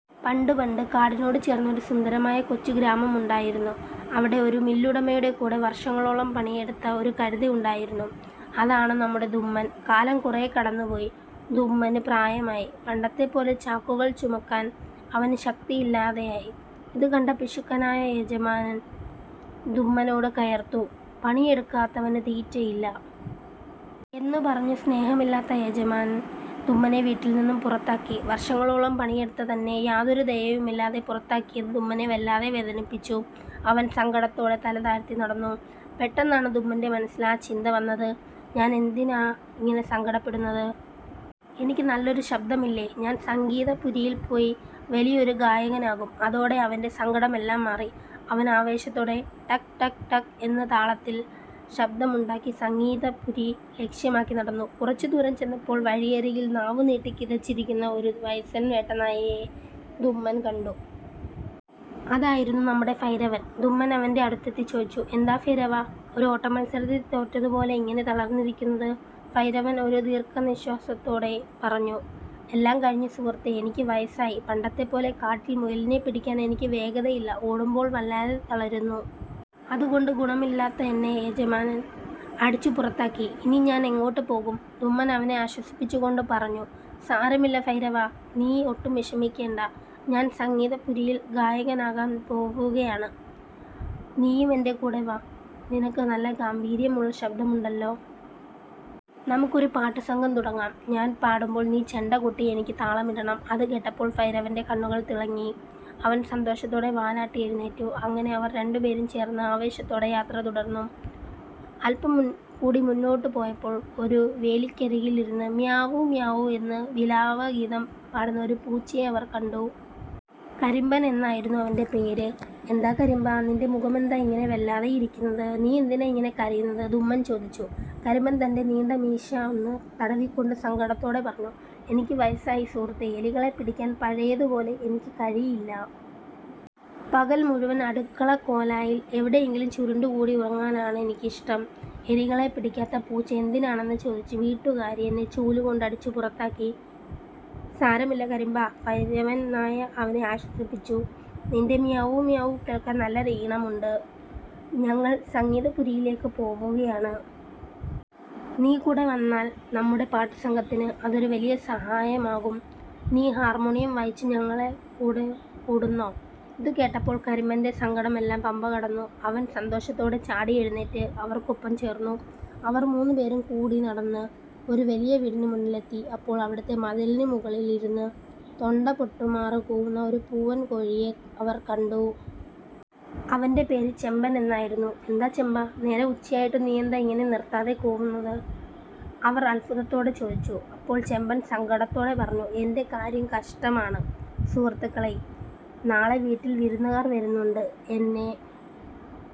പണ്ട് പണ്ട്, കാടിനോട് ചേർന്നൊരു സുന്ദരമായ കൊച്ചു ഗ്രാമമുണ്ടായിരുന്നു. അവിടെ ഒരു മില്ലുടമയുടെ കൂടെ വർഷങ്ങളോളം പണിയെടുത്ത ഒരു കഴുതയുണ്ടായിരുന്നു. അതാണ് നമ്മുടെ ധുമ്മൻ. കാലം കുറേ കടന്നുപോയി, ധുമ്മന് പ്രായമായി. പണ്ടത്തെപ്പോലെ ചാക്കുകൾ ചുമക്കാൻ അവന് ശക്തിയില്ലാതായി. ഇതുകണ്ട പിശുക്കനായ യജമാനൻ ധുമ്മനോട് കയർത്തു "പണിയെടുക്കാത്തവന് തീറ്റയില്ല! " എന്ന് പറഞ്ഞു സ്നേഹമില്ലാത്ത യജമാനൻ ധുമ്മനെ വീട്ടിൽ നിന്നും പുറത്താക്കി. വർഷങ്ങളോളം പണിയെടുത്ത തന്നെ യാതൊരു ദയയുമില്ലാതെ പുറത്താക്കിയത് ധുമ്മനെ വല്ലാതെ വേദനിപ്പിച്ചു. അവൻ സങ്കടത്തോടെ തല താഴ്ത്തി നടന്നു. പെട്ടെന്നാണ് ധുമ്മന്റെ മനസ്സിൽ ആ ചിന്ത വന്നത്. "ഞാൻ എന്തിനാ ഇങ്ങനെ സങ്കടപ്പെടുന്നത്? എനിക്ക് നല്ലൊരു ശബ്ദമില്ലേ? ഞാൻ സംഗീതപുരിയിൽ പോയി വലിയൊരു ഗായകനാകും! " അതോടെ അവന്റെ സങ്കടമെല്ലാം മാറി. അവൻ ആവേശത്തോടെ 'ടക്-ടക്-ടക്' എന്ന് താളത്തിൽ ശബ്ദമുണ്ടാക്കി സംഗീതപുരി ലക്ഷ്യമാക്കി നടന്നു. കുറച്ചു ദൂരം ചെന്നപ്പോൾ വഴിയരികിൽ നാവുനീട്ടി കിതച്ചിരിക്കുന്ന ഒരു വയസ്സൻ വേട്ടനായയെ ധുമ്മൻ കണ്ടു. അതായിരുന്നു നമ്മുടെ ഭൈരവൻ. ധുമ്മൻ അവന്റെ അടുത്തെത്തി ചോദിച്ചു, "എന്താ ഭൈരവാ, ഒരു ഓട്ടമത്സരത്തിൽ തോറ്റതു പോലെ ഇങ്ങനെ തളർന്നിരിക്കുന്നത്? " ഭൈരവൻ ഒരു ദീർഘനിശ്വാസത്തോടെ പറഞ്ഞു, "എല്ലാം കഴിഞ്ഞു സുഹൃത്തേ! എനിക്ക് വയസ്സായി. പണ്ടത്തെപ്പോലെ കാട്ടിൽ മുയലിനെ പിടിക്കാൻ എനിക്ക് വേഗതയില്ല. ഓടുമ്പോൾ വല്ലാതെ തളരുന്നു. അതുകൊണ്ട് ഗുണമില്ലാത്ത എന്നെ യജമാനൻ അടിച്ചു പുറത്താക്കി. ഇനി ഞാൻ എങ്ങോട്ട് പോകും? " ധുമ്മൻ അവനെ ആശ്വസിപ്പിച്ചു കൊണ്ട് പറഞ്ഞു, "സാരമില്ല ഭൈരവാ, നീ ഒട്ടും വിഷമിക്കേണ്ട! ഞാൻ സംഗീതപുരിയിൽ ഗായകനാകാൻ പോകുകയാണ്. നീയും എന്റെ കൂടെ വാ. നിനക്ക് നല്ല ഗാംഭീര്യമുള്ള ശബ്ദമുണ്ടല്ലോ. നമുക്കൊരു പാട്ടുസംഘം തുടങ്ങാം. ഞാൻ പാടുമ്പോൾ നീ ചെണ്ട കൊട്ടി എനിക്ക് താളമിടണം. " അതുകേട്ടപ്പോൾ ഭൈരവന്റെ കണ്ണുകൾ തിളങ്ങി. അവൻ സന്തോഷത്തോടെ വാലാട്ടി എഴുന്നേറ്റു. അങ്ങനെ അവർ രണ്ടുപേരും ചേർന്ന് ആവേശത്തോടെ യാത്ര തുടർന്നു. അല്പം കൂടി മുന്നോട്ട് പോയപ്പോൾ ഒരു വേലിക്കരികിലിരുന്ന് 'മ്യാവൂ… മ്യാവൂ… ' എന്ന് വിലാപഗീതം പാടുന്ന ഒരു പൂച്ചയെ അവർ കണ്ടു. കരിമ്പൻ എന്നായിരുന്നു അവന്റെ പേര്. "എന്താ കരിമ്പാ, നിന്റെ മുഖമെന്താ ഇങ്ങനെ വല്ലാതെ ഇരിക്കുന്നത്? നീ എന്തിനാ ഇങ്ങനെ കരയുന്നത്? " ധുമ്മൻ ചോദിച്ചു. കരിമ്പൻ തന്റെ നീണ്ട മീശ ഒന്ന് തടവിക്കൊണ്ട് സങ്കടത്തോടെ പറഞ്ഞു: "എനിക്ക് വയസ്സായി സുഹൃത്തേ. എലികളെ പിടിക്കാൻ പഴയതുപോലെ എനിക്ക് കഴിയില്ല. പകൽ മുഴുവൻ അടുക്കളക്കോലായിൽ എവിടെയെങ്കിലും ചുരുണ്ടുകൂടി ഉറങ്ങാനാണ് എനിക്കിഷ്ടം. എലികളെ പിടിക്കാത്ത പൂച്ച എന്തിനാണെന്ന് ചോദിച്ച് വീട്ടുകാരി എന്നെ ചൂലുകൊണ്ട് അടിച്ചു പുറത്താക്കി. " "സാരമില്ല കരിമ്പാ," ഭൈരവൻ നായ അവനെ ആശ്വസിപ്പിച്ചു. "നിന്റെ മ്യാവൂ.. മ്യാവൂ.. കേൾക്കാൻ നല്ല ഈണമുണ്ട്. ഞങ്ങൾ സംഗീതപുരിയിലേക്ക് പോവുകയാണ്. നീ കൂടെ വന്നാൽ നമ്മുടെ പാട്ടുസംഘത്തിന് അതൊരു വലിയ സഹായമാകും. നീ ഹാർമോണിയം വായിച്ച് ഞങ്ങളെ കൂടെ കൂടുന്നോ? " ഇതുകേട്ടപ്പോൾ കരിമ്പന്റെ സങ്കടമെല്ലാം പമ്പകടന്നു! അവൻ സന്തോഷത്തോടെ ചാടിയെഴുന്നേറ്റ് അവർക്കൊപ്പം ചേർന്നു. അവർ മൂന്നുപേരും കൂടി നടന്ന് ഒരു വലിയ വീടിന് മുന്നിലെത്തി. അപ്പോൾ, അവിടുത്തെ മതിലിന് മുകളിൽ ഇരുന്ന് തൊണ്ട പൊട്ടുമാറ് കൂവുന്ന ഒരു പൂവൻകോഴിയെ അവർ കണ്ടു. അവന്റെ പേര് ചെമ്പൻ എന്നായിരുന്നു. "എന്താ ചെമ്പാ, നേരം ഉച്ചയായിട്ടും നീയെന്താ ഇങ്ങനെ നിർത്താതെ കൂവുന്നത്? " അവർ അത്ഭുതത്തോടെ ചോദിച്ചു. അപ്പോൾ ചെമ്പൻ സങ്കടത്തോടെ പറഞ്ഞു: "എന്റെ കാര്യം കഷ്ടമാണ് സുഹൃത്തുക്കളേ! നാളെ വീട്ടിൽ വിരുന്നുകാർ വരുന്നുണ്ട്. എന്നെ